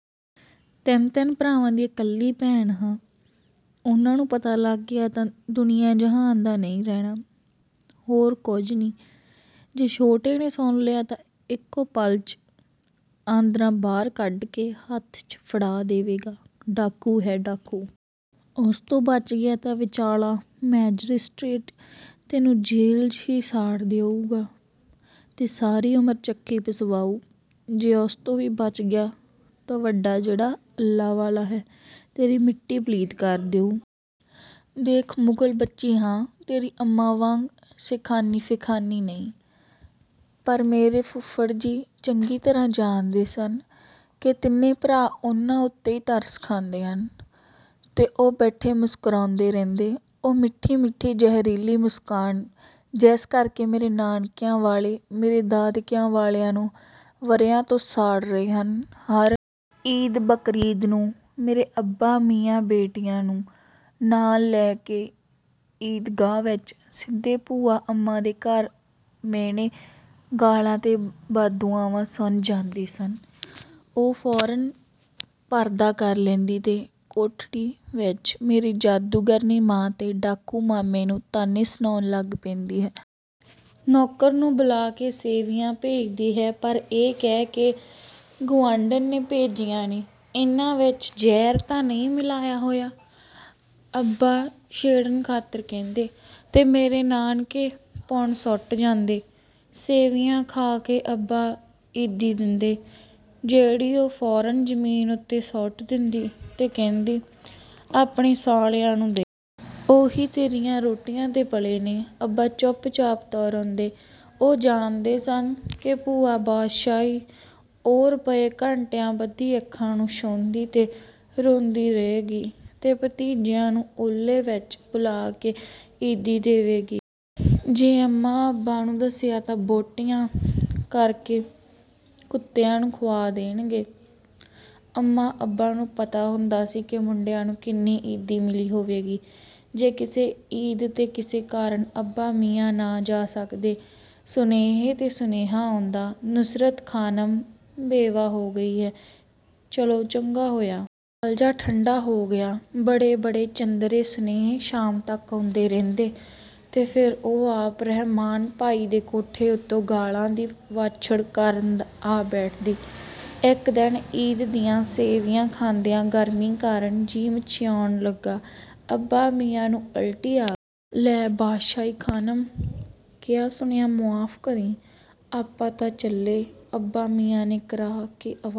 ਤਿੰਨ-ਤਿੰਨ ਭਰਾਵਾਂ ਦੀ ਇਕੱਲੀ ਭੈਣ ਹਾਂ। ਉਨ੍ਹਾਂ ਨੂੰ ਪਤਾ ਲੱਗ ਗਿਆ ਤਾਂ ਦੁਨੀਆਂ ਜਹਾਨ ਦਾ ਨਹੀਂ ਰਹਿਣਾ। ਹੋਰ ਕੁਝ ਨਹੀਂ। ਜੇ ਛੋਟੇ ਨੇ ਸੁਣ ਲਿਆ ਤਾਂ ਇੱਕੋ ਪਲ 'ਚ ਆਂਦਰਾਂ ਬਾਹਰ ਕੱਢ ਕੇ ਹੱਥ 'ਚ ਫੜਾ ਦੇਵੇਗਾ - ਡਾਕੂ ਹੈ ਡਾਕੂ। ਉਸ ਤੋਂ ਬਚ ਗਿਆ ਤਾਂ ਵਿਚਾਲਾ ਮੈਜਿਸਟਰੇਟ ਤੈਨੂੰ ਜੇਲ 'ਚ ਹੀ ਸਾੜ ਦੇਊ ਤੇ ਸਾਰੀ ਉਮਰ ਚੱਕੀ ਪਿਸਵਾਊ। ਜੇ ਉਸ ਤੋਂ ਵੀ ਬਚ ਗਿਆ ਤਾਂ ਵੱਡਾ ਜਿਹੜਾ ਅੱਲ੍ਹਾ ਵਾਲਾ ਹੈ, ਤੇਰੀ ਮਿੱਟੀ ਪਲੀਤ ਕਰ ਦੇਊ। ਦੇਖ ਮੁਗ਼ਲ ਬੱਚੀ ਹਾਂ ਤੇਰੀ ਅੰਮਾਂ ਵਾਂਗ ਸ਼ੇਖਾਨੀ-ਫੇਖਾਨੀ ਨਹੀਂ।"ਪਰ ਮੇਰੇ ਫੁੱਫੜ ਜੀ ਚੰਗੀ ਤਰ੍ਹਾਂ ਜਾਣਦੇ ਸਨ ਕਿ ਤਿੰਨੇ ਭਰਾ ਉਨ੍ਹਾਂ ਉੱਤੇ ਹੀ ਤਰਸ ਖਾਂਦੇ ਹਨ ਤੇ ਉਹ ਬੈਠੇ ਮੁਸਕਰਾਉਂਦੇ ਰਹਿੰਦੇ। ਉਹੀ ਮਿੱਠੀ-ਮਿੱਠੀ ਜ਼ਹਿਰੀਲੀ ਮੁਸਕਾਨ ਜਿਸ ਕਰਕੇ ਮੇਰੇ ਨਾਨਕਿਆਂ ਵਾਲੇ ਮੇਰੇ ਦਾਦਕਿਆਂ ਵਾਲਿਆਂ ਨੂੰ ਵਰ੍ਹਿਆਂ ਤੋਂ ਸਾੜ ਰਹੇ ਹਨ। ਹਰ ਈਦ ਬਕਰੀਦ ਨੂੰ ਮੇਰੇ ਅੱਬਾ ਮੀਆਂ ਬੇਟਿਆਂ ਨੂੰ ਨਾਲ ਲੈ ਕੇ ਈਦਗਾਹ ਵਿੱਚੋਂ ਸਿੱਧੇ ਭੂਆ ਅੰਮਾਂ ਦੇ ਘਰ ਮਿਹਣੇ, ਗਾਲ੍ਹਾਂ ਤੇ ਬਦਦੁਆਵਾਂ ਸੁਣਨ ਜਾਂਦੇ ਹੁੰਦੇ ਹਨ। ਉਹ ਫੌਰਨ ਪਰਦਾ ਕਰ ਲੈਂਦੀ ਹੈ ਤੇ ਕੋਠੜੀ ਵਿੱਚੋਂ ਮੇਰੀ ਜਾਦੂਗਰਨੀ ਮਾਂ ਤੇ ਡਾਕੂ ਮਾਮੂ ਨੂੰ ਤਾਣੇ ਸੁਣਾਉਣ ਲੱਗ ਪੈਂਦੀ ਹੈ। ਨੌਕਰ ਨੂੰ ਬੁਲਾ ਕੇ ਸੈਵੀਆਂ ਭੇਜਦੀ ਹੈ ਪਰ ਇਹ ਕਹਿ ਕੇ ''ਗੁਆਂਢਣ ਨੇ ਭੇਜੀਆਂ ਨੇ।"''ਇਨ੍ਹਾਂ ਵਿੱਚ ਜ਼ਹਿਰ ਤਾਂ ਨਹੀਂ ਮਿਲਾਇਆ ਹੋਇਆ'' ਅੱਬਾ ਛੇੜਨ ਖ਼ਾਤਰ ਕਹਿੰਦੇ। ਤੇ ਮੇਰੇ ਨਾਨਕੇ ਪੁਣ ਸੁੱਟੇ ਜਾਂਦੇ। ਸੈਵੀਆਂ ਖਾ ਕੇ ਅੱਬਾ ਈਦੀ ਦਿੰਦੇ, ਜਿਹੜੀ ਉਹ ਫੌਰਨ ਜ਼ਮੀਨ ਉੱਤੇ ਸੁੱਟ ਦਿੰਦੀ ਤੇ ਕਹਿੰਦੀ, ''ਆਪਣੇ ਸਾਲਿਆਂ ਨੂੰ ਦੇ। ਉਹੀ ਤੇਰੀਆਂ ਰੋਟੀਆਂ 'ਤੇ ਪਲੇ ਨੇ।'' ਅੱਬਾ ਚੁੱਪਚਾਪ ਤੁਰ ਆਉਂਦੇ ਤੇ ਉਹ ਜਾਣਦੇ ਸਨ ਕਿ ਭੂਆ ਬਾਦਸ਼ਾਹੀ ਉਹ ਰੁਪਏ ਘੰਟਿਆਂ ਬੱਧੀ ਅੱਖਾਂ ਨੂੰ ਛੁਹਾਉਂਦੀ ਤੇ ਰੋਂਦੀ ਰਹੇਗੀ ਤੇ ਭਤੀਜਿਆਂ ਨੂੰ ਓਹਲੇ ਵਿੱਚ ਬੁਲਾ ਕੇ ਈਦੀ ਦੇਵੇਗੀ। ''ਜੇ ਅੰਮਾਂ-ਅੱਬਾ ਨੂੰ ਦੱਸਿਆ ਤਾਂ ਬੋਟੀਆਂ ਕਰ ਕੇ ਕੁੱਤਿਆਂ ਨੂੰ ਖੁਆ ਦੇਵਾਂਗੀ।" ਅੰਮਾਂ-ਅੱਬਾ ਨੂੰ ਪਤਾ ਹੁੰਦਾ ਸੀ ਕਿ ਮੁੰਡਿਆਂ ਨੂੰ ਕਿੰਨੀ ਈਦੀ ਮਿਲੀ ਹੋਵੇਗੀ। ਜੇ ਕਿਸੇ ਈਦ 'ਤੇ ਕਿਸੇ ਕਾਰਨ ਅੱਬਾ ਮੀਆਂ ਨਾ ਜਾ ਸਕਦੇ, ਸੁਨੇਹੇ 'ਤੇ ਸੁਨੇਹਾ ਆਉਂਦਾ, ''ਨੁਸਰਤ ਖ਼ਾਨਮ ਬੇਵਾ ਹੋ ਗਈ ਹੈ, ਚਲੋ ਚੰਗਾ ਹੋਇਆ। ਮੇਰਾ ਕਾਲਜਾ ਠੰਢਾ ਹੋ ਗਿਆ।" ਬੜੇ-ਬੜੇ ਚੰਦਰੇ ਸੁਨੇਹੇ ਸ਼ਾਮ ਤੱਕ ਆਉਂਦੇ ਰਹਿੰਦੇ ਤੇ ਫਿਰ ਉਹ ਆਪ ਰਹਿਮਾਨ ਭਾਈ ਦੇ ਕੋਠੇ ਉੱਤੋਂ ਗਾਲ੍ਹਾਂ ਦੀ ਵਾਛੜ ਕਰਨ ਆ ਬੈਠਦੀ। ਇੱਕ ਦਿਨ ਈਦ ਦੀਆਂ ਸੈਵੀਆਂ ਖਾਂਦਿਆਂ ਗਰਮੀ ਕਾਰਨ ਜੀਅ ਮਿਚਲਾਉਣ ਲੱਗਾ, ਅੱਬਾ ਮੀਆਂ ਨੂੰ ਉਲਟੀ ਆ ਗਈ। ''ਲੈ ਬਾਦਸ਼ਾਹੀ ਖ਼ਾਨਮ, ਕਿਹਾ ਸੁਣਿਆ ਮੁਆਫ਼ ਕਰੀਂ - ਆਪਾਂ ਤਾਂ ਚੱਲੇ।" ਅੱਬਾ ਮੀਆਂ ਨੇ ਕਰਾਹ ਕੇ ਆਵਾਜ਼